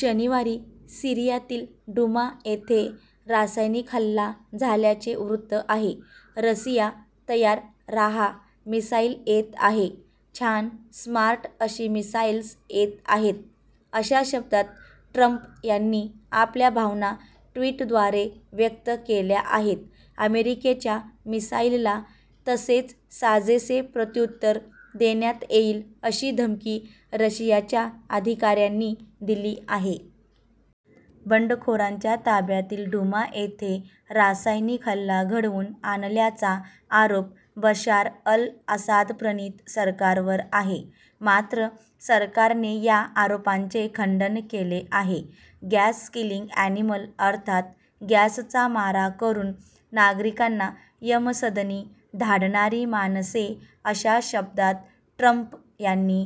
शनिवारी सीरियातील डूमा येथे रासायनिक हल्ला झाल्याचे वृत्त आहे. 'रशिया तयार राहा. मिसाईल येत आहे. छान, स्मार्ट अशी मिसाइल्स येत आहेत', अशा शब्दांत ट्रम्प यांनी आपल्या भावना ट्वीटद्वारे व्यक्त केल्या आहेत. अमेरिकेच्या मिसाईलला तसेच साजेसे प्रत्युत्तर देण्यात येईल अशी धमकी रशियाच्या अधिकाऱ्यांनी दिली आहे. बंडखोरांच्या ताब्यातील डूमा येथे रासायनिक हल्ला घडवून आणल्याचा आरोप बशार अल असादप्रणीत सरकारवर आहे. मात्र सरकारने या आरोपांचे खंडन केले आहे. गॅस किलिंग ॲनिमल अर्थात गॅसचा मारा करून नागरिकांना यमसदनी धाडणारी माणसे अशा शब्दांत ट्रम्प यांनी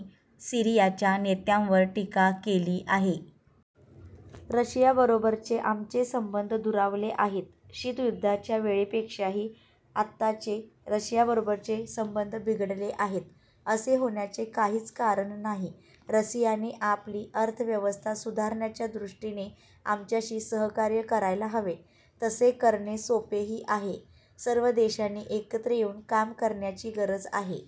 सीरियाच्या नेत्यांवर टीका केली आहे. 'रशियाबरोबरचे आमचे संबंध दुरावले आहेत. शीतयुद्धाच्या वेळेपेक्षाही आताचे रशियाबरोबरचे संबंध बिघडले आहेत. असे होण्याचे काहीच कारण नाही. रशियाने आपली अर्थव्यवस्था सुधारण्याच्या दृष्टीने आमच्याशी सहकार्य करायला हवे. तसे करणे सोपेही आहे. सर्व देशांनी एकत्र येऊन काम करण्याची गरज आहे.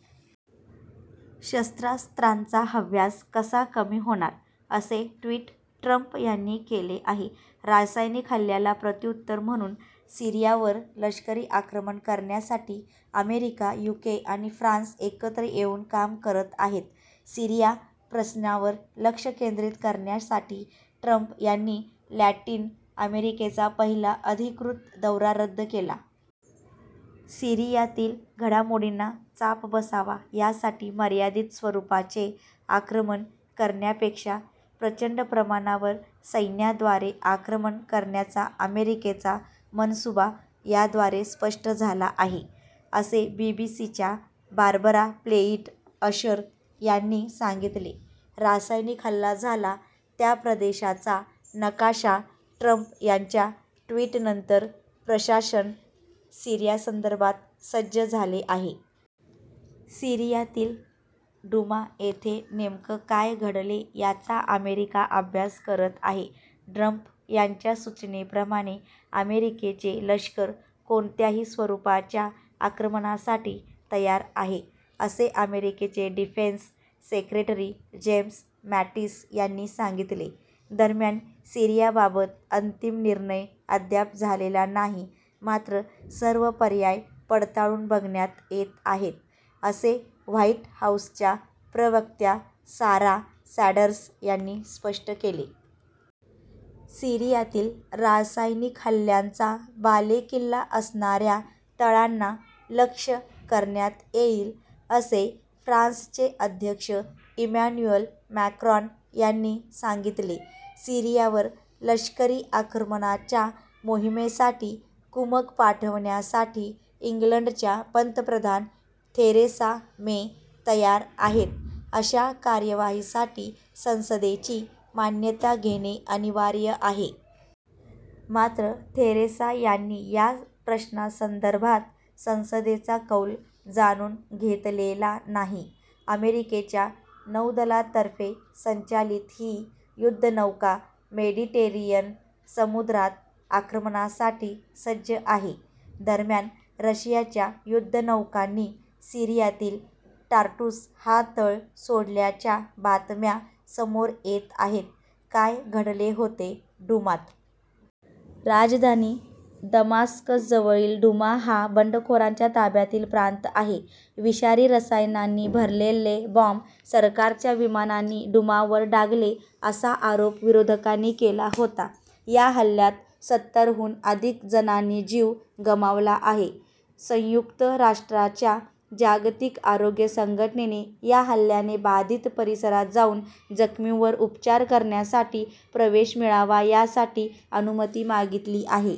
शस्त्रास्त्रांचा हव्यास कसा कमी होणार?' असे ट्वीट ट्रम्प यांनी केले आहे. रासायनिक हल्ल्याला प्रत्युत्तर म्हणून सीरियावर लष्करी आक्रमण करण्यासाठी अमेरिका, युके आणि फ्रान्स एकत्र येऊन काम करत आहेत. सीरिया प्रश्नावर लक्ष केंद्रित करण्यासाठी ट्रम्प यांनी लॅटिन अमेरिकेचा पहिला अधिकृत दौरा रद्द केला. 'सीरियातील घडामोडींना चाप बसावा यासाठी मर्यादित स्वरूपाचे आक्रमण करण्यापेक्षा प्रचंड प्रमाणावर सैन्याद्वारे आक्रमण करण्याचा अमेरिकेचा मनसुबा याद्वारे स्पष्ट झाला आहे', असे बीबीसीच्या बार्बरा प्लेइट अशर यांनी सांगितले. रासायनिक हल्ला झाला त्या प्रदेशाचा नकाशा ट्रम्प यांच्या ट्वीटनंतर प्रशासन सीरियासंदर्भात सज्ज झाले आहे. सीरियातील डूमा येथे नेमकं काय घडले याचा अमेरिका अभ्यास करत आहे. ट्रम्प यांच्या सूचनेप्रमाणे अमेरिकेचे लष्कर कोणत्याही स्वरूपाच्या आक्रमणासाठी तयार आहे असे अमेरिकेचे डिफेन्स सेक्रेटरी जेम्स मॅटिस यांनी सांगितले. दरम्यान सीरियाबाबत अंतिम निर्णय अद्याप झालेला नाही मात्र सर्व पर्याय पडताळून बघण्यात येत आहेत असे व्हाईट हाऊसच्या प्रवक्त्या सारा सँडर्स यांनी स्पष्ट केले. सीरियातील रासायनिक हल्ल्यांचा बालेकिल्ला असणाऱ्या तळांना लक्ष्य करण्यात येईल असे फ्रान्सचे अध्यक्ष इमॅन्युअल मॅक्रॉन यांनी सांगितले. सीरियावर लष्करी आक्रमणाच्या मोहिमेसाठी कुमक पाठवण्यासाठी इंग्लंडच्या पंतप्रधान थेरेसा मे तयार आहेत. अशा कार्यवाहीसाठी संसदेची मान्यता घेणे अनिवार्य आहे. मात्र थेरेसा यांनी या प्रश्नासंदर्भात संसदेचा कौल जाणून घेतलेला नाही. अमेरिकेच्या नौदलातर्फे संचालित ही युद्धनौका मेडिटेरियन समुद्रात आक्रमणासाठी सज्ज आहे. दरम्यान रशियाच्या युद्धनौकांनी सीरियातील टार्टूस हा तळ सोडल्याच्या बातम्या समोर येत आहेत. काय घडले होते डूमात? राजधानी दमास्कसजवळील डूमा हा बंडखोरांच्या ताब्यातील प्रांत आहे. विषारी रसायनांनी भरलेले बॉम्ब सरकारच्या विमानांनी डूमावर डागले असा आरोप विरोधकांनी केला होता. या हल्ल्यात सत्तरहून अधिक जणांनी जीव गमावला आहे. संयुक्त राष्ट्रांच्या जागतिक आरोग्य संघटनेने या हल्ल्याने बाधित परिसरात जाऊन जखमींवर उपचार करण्यासाठी प्रवेश मिळावा यासाठी अनुमती मागितली आहे.